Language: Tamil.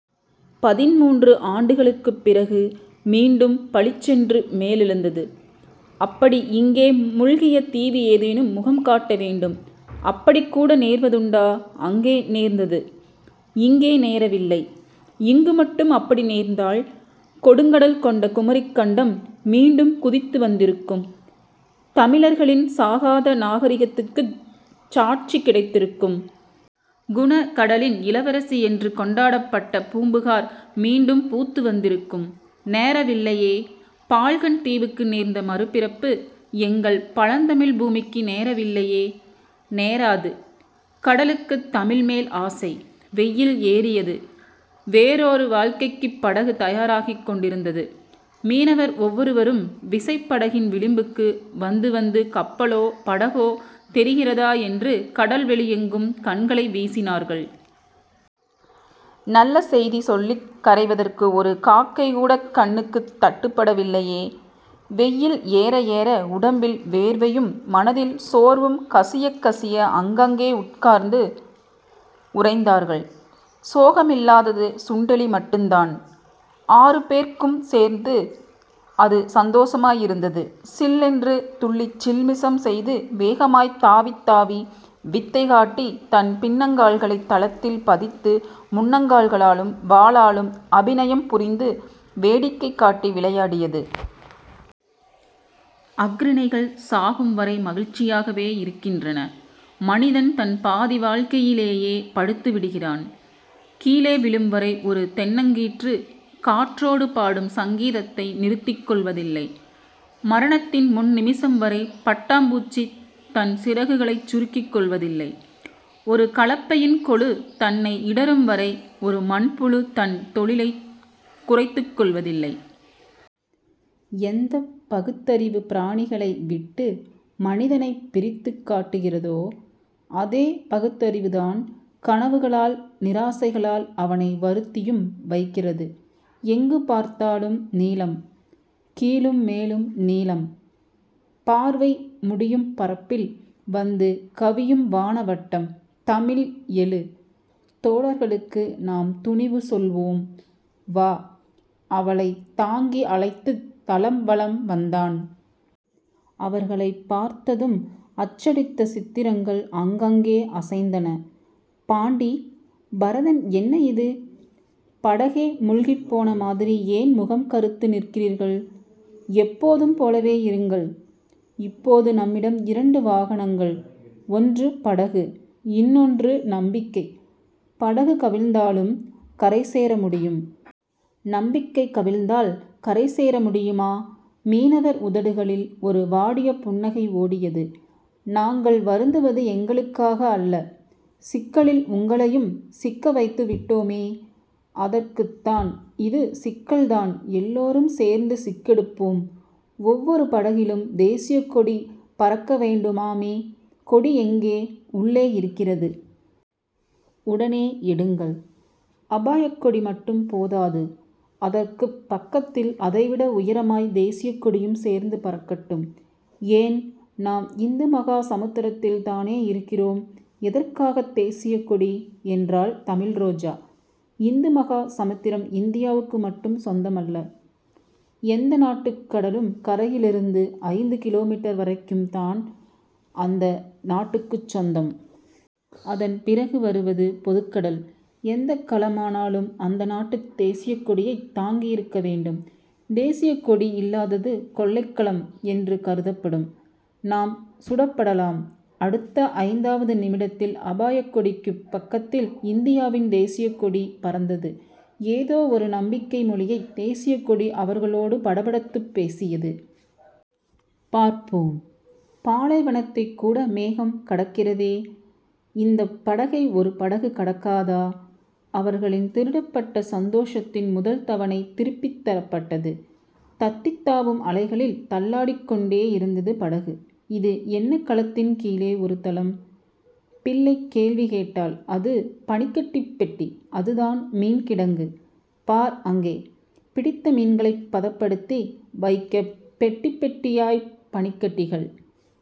பதின்முன்று ஆண்டுகளுக்குப் பிறகு மீண்டும் பளிச்சென்று மேலெழுந்தது. அப்படி இங்கே முழ்கிய தீவு ஏதேனும் முகம் காட்ட வேண்டும். அப்படிக்கூட நேர்வதுண்டா? அங்கே நேர்ந்தது, இங்கே நேரவில்லை. இங்கு மட்டும் அப்படி நேர்ந்தால் கொடுங்கடல் கொண்ட குமரிக்கண்டம் மீண்டும் குதித்து வந்திருக்கும். தமிழர்களின் சாகாத நாகரிகத்துக்குச் சாட்சி கிடைத்திருக்கும். குணகடலின் இளவரசி என்று கொண்டாடப்பட்ட பூம்புகார் மீண்டும் பூத்து வந்திருக்கும். நேரவில்லையே. பால்கன் தீவுக்கு நேர்ந்த மறுபிறப்பு எங்கள் பழந்தமிழ் பூமிக்கு நேரவில்லையே. நேராது. கடலுக்குத் தமிழ்மேல் ஆசை. வெயில் ஏறியது. வேறோரு வாழ்க்கைக்குப் படகு தயாராகிக் கொண்டிருந்தது. மீனவர் ஒவ்வொருவரும் விசைப்படகின் விளிம்புக்கு வந்து வந்து கப்பலோ படகோ தெரிகிறதா என்று கடல்வெளியெங்கும் கண்களை வீசினார்கள். நல்ல செய்தி சொல்லிக் கரைவதற்கு ஒரு காக்கைகூடக் கண்ணுக்குத் தட்டுப்படவில்லையே. வெயில் ஏற ஏற, உடம்பில் வேர்வையும் மனதில் சோர்வும் கசியக் கசிய அங்கங்கே உட்கார்ந்து உறைந்தார்கள். சோகமில்லாதது சுண்டெலி மட்டுந்தான். ஆறுபேர்க்கும் சேர்த்து அது சந்தோஷமாயிருந்தது. சில்லென்று துள்ளிச் சில்மிஷம் செய்து வேகமாய்த் தாவித்தாவி வித்தை காட்டி தன் பின்னங்கால்களைத் தளத்தில் பதித்து முன்னங்கால்களாலும் வாலாலும் அபிநயம் புரிந்து வேடிக்கை காட்டி விளையாடியது. அஃறிணைகள் சாகும்வரை மகிழ்ச்சியாகவே இருக்கின்றன. மனிதன்தன் பாதி வாழ்க்கையிலேயே படுத்துவிடுகிறான். கீழே விழும்வரை ஒரு தென்னங்கீற்று காற்றோடு பாடும் சங்கீதத்தை நிறுத்திக் கொள்வதில்லை. மரணத்தின் முன்நிமிஷம் வரை பட்டாம் பூச்சித் தன் சிறகுகளைச் சுருக்கிக் கொள்வதில்லை. ஒரு கலப்பையின்கொழு தன்னை இடறும்வரை ஒரு மண்புழு தன் தொழிலைக் குறைத்துக் கொள்வதில்லை. எந்தப் பகுத்தறிவு, பிராணிகளைவிட்டு மனிதனைப் பிரித்துக் காட்டுகிறதோ அதே பகுத்தறிவுதான் கனவுகளால் நிராசைகளால் அவனை வருத்தியும் வைக்கிறது. எங்கு பார்த்தாலும் நீலம். கீழும் மேலும் நீலம். பார்வை முடியும் பரப்பில் வந்து கவியும் வானவட்டம். தமிழ் எழு. தோழர்களுக்கு நாம் துணிவு சொல்வோம். வா. அவளைத் தாங்கி அழைத்துத் தளம் வலம் வந்தான். அவர்களைப் பார்த்ததும் அச்சடித்த சித்திரங்கள் அங்கங்கே அசைந்தன. பாண்டி. பரதன். என்ன இது? படகே முழ்கிப் போன மாதிரி ஏன் முகம் கறுத்து நிற்கிறீர்கள்? எப்போதும் போலவே இருங்கள். இப்போது நம்மிடம் இரண்டு வாகனங்கள். ஒன்று படகு. இன்னொன்று நம்பிக்கை. படகு கவிழ்ந்தாலும் கரைசேர முடியும். நம்பிக்கை கவிழ்ந்தால் கரைசேர முடியுமா? மீனவர் உதடுகளில் ஒரு வாடிய புன்னகை ஓடியது. நாங்கள் வருந்துவது எங்களுக்காக அல்ல. சிக்கலில் உங்களையும் சிக்கவைத்துவிட்டோ மே. அதற்குத்தான். இது சிக்கல்தான். எல்லோரும் சேர்ந்து சிக்கெடுப்போம். ஒவ்வொரு படகிலும் தேசியக்கொடி பறக்க வேண்டுமாமே. கொடி எங்கே? உள்ளே இருக்கிறது. உடனே எடுங்கள். அபாயக்கொடி மட்டும் போதாது. அதற்குப் பக்கத்தில் அதைவிட உயரமாய் தேசியக்கொடியும் சேர்ந்து பறக்கட்டும். ஏன்? நாம் இந்து மகா சமுத்திரத்தில்தானே இருக்கிறோம். எதற்காகத் தேசியக்கொடி? என்றாள் தமிழ்ரோஜா. இந்துமகா சமுத்திரம் இந்தியாவுக்கு மட்டும் சொந்தமல்ல. எந்த நாட்டுக் கடலும் கரையிலிருந்து ஐந்து கிலோமீட்டர்வரைக்கும்தான் அந்த நாட்டுக்குச் சொந்தம். அதன் பிறகு வருவது பொதுக்கடல். எந்தக் கலமானாலும் அந்த நாட்டுத் தேசியக் கொடியைத் தாங்கியிருக்கவேண்டும். தேசியக்கொடி இல்லாதது கொள்ளைக்கலம் என்று கருதப்படும். நாம் சுடப்படலாம். அடுத்த ஐந்தாவது நிமிடத்தில் அபாயக்கொடிக்குப் பக்கத்தில் இந்தியாவின் தேசியக்கொடி பறந்தது. ஏதோ ஒரு நம்பிக்கைமொழியைத் தேசியக்கொடி அவர்களோடு படபடத்துப் பேசியது. பார்ப்போம், பாலைவனத்தைக்கூட மேகம் கடக்கிறதே. இந்தப் படகை ஒரு படகு கடக்காதா? அவர்களின் திருடப்பட்ட சந்தோஷத்தின் முதல் தவணை திருப்பித் தரப்பட்டது. தத்தித்தாவும் அலைகளில் தள்ளாடிக் கொண்டேயிருந்தது படகு. இது என்ன கலத்தின் கீழே ஒரு தளம்? பிள்ளைக்கேள்வி கேட்டாள் அது பனிக்கட்டிப்பெட்டி. அதுதான் மீன் கிடங்கு. பார் அங்கே. பிடித்த மீன்களைப் பதப்படுத்தி வைக்கப் பெட்டிப் பெட்டியாய்ப் பனிக்கட்டிகள்.